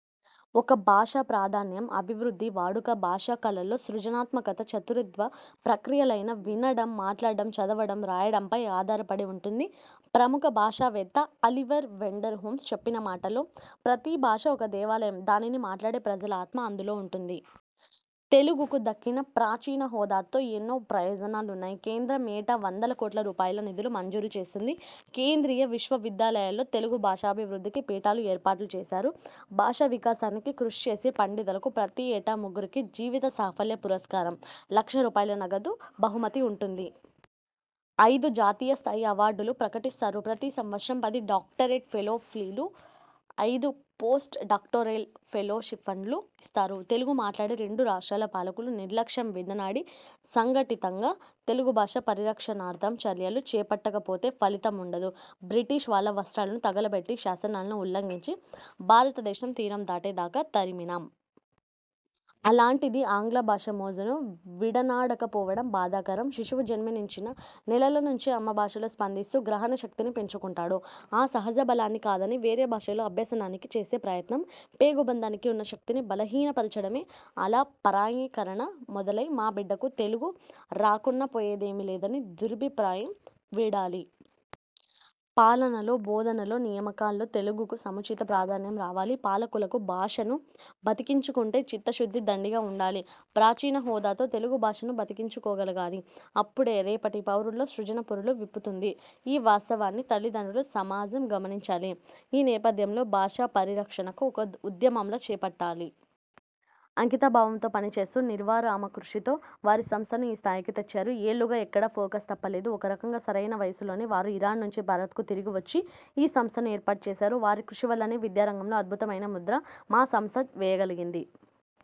ఒక భాష ప్రాధాన్యం, అభివృద్ధి, వాడుక, భాష కళల్లో సృజనాత్మకత చతుర్విద ప్రక్రియలైన వినడం, మాట్లాడడం, చదవడం, రాయడంపై ఆధారపడి ఉంటుంది. ప్రముఖ భాషావేత్త 'అలివర్ వెండర్ హోమ్స్' చెప్పిన మాటల్లో ప్రతీ భాష ఒక దేవాలయం, దానిని మాట్లాడే ప్రజల ఆత్మ అందులో ఉంటుంది. తెలుగుకు దక్కిన ప్రాచీన హోదాతో ఎన్నో ప్రయోజనాలున్నాయి. కేంద్రం ఏటా వందల కోట్ల రూపాయల నిధులు మంజూరు చేస్తుంది. కేంద్రీయ విశ్వవిద్యాలయాల్లో తెలుగు భాషాభివృద్ధికి పీఠాలు ఏర్పాటు చేస్తారు. భాషా వికాసానికి కృషి చేసే పండితులకు ప్రతి ఏటా ముగ్గురికి జీవిత సాఫల్య పురస్కారం, లక్ష రూపాయల నగదు బహుమతి ఉంటుంది. ఐదు జాతీయ స్థాయి అవార్డులు ప్రకటిస్తారు. ప్రతి సంవత్సరం పది డాక్టరేట్ ఫెలోషిప్లు, ఐదు పోస్ట్ డాక్టోరల్ ఫెలోషిప్లను ఇస్తారు. తెలుగు మాట్లాడే రెండు రాష్ర్టాల పాలకులు నిర్లక్ష్యం విడనాడి సంఘటితంగా తెలుగు భాష పరిరక్షణార్థం చర్యలు చేపట్టకపోతే ఫలితం ఉండదు. బ్రిటిష్ వాళ్ళ వస్ర్తాలను తగలబెట్టి, శాసనాలను ఉల్లంఘించి, భారతదేశ తీరం దాటే దాకా తరిమినాం. అలాంటిది ఆంగ్ల భాష మోజును విడనాడకపోవడం బాధాకరం. శిశువు జన్మించిన నెలల నుంచే అమ్మభాషలో స్పందిస్తూ గ్రహణశక్తిని పెంచుకుంటాడు. ఆ సహజ బలాన్ని కాదని వేరే భాషల్లో అభ్యసనానికి చేసే ప్రయత్నం పేగుబంధానికి ఉన్న శక్తిని బలహీనపరచడమే అలా పరాయీకరణ మొదలై మా బిడ్డకు తెలుగు రాకున్నా పోయేది ఏమీలేదనే దురభిప్రాయం వీడాలి. పాలనలో, బోధనలో, నియామకాల్లో తెలుగుకు సముచిత ప్రాధాన్యం రావాలి. పాలకులకు భాషను బతికించుకునే చిత్తశుద్ధి దండిగా ఉండాలి. ప్రాచీన హోదాతో తెలుగు భాషను బతికించుకోగలగాలి. అప్పుడే రేపటి పౌరుల్లో సృజన పురులు విప్పుతుంది. ఈ వాస్తవాన్ని తల్లిదండ్రులు, సమాజం గమనించాలి. ఈ నేపథ్యంలో భాషా పరిరక్షణను ఒక ఉద్యమంలా చేపట్టాలి. అంకితభావంతో పనిచేస్తూ, నిర్విరామకృషితో వారీ సంస్థను ఈ స్థాయికి తెచ్చారు. ఏళ్లుగా ఎక్కడా ఫోకస్ తప్పలేదు. ఒకరకంగా సరైన వయసులోనే వారు ఇరాన్ నుంచి భారత్ కు తిరిగి వచ్చి ఈ సంస్థను ఏర్పాటు చేశారు. వారి కృషివల్లనే విద్యా రంగంలో అద్భుతమైన ముద్ర మా సంస్థ వేయగలిగింది.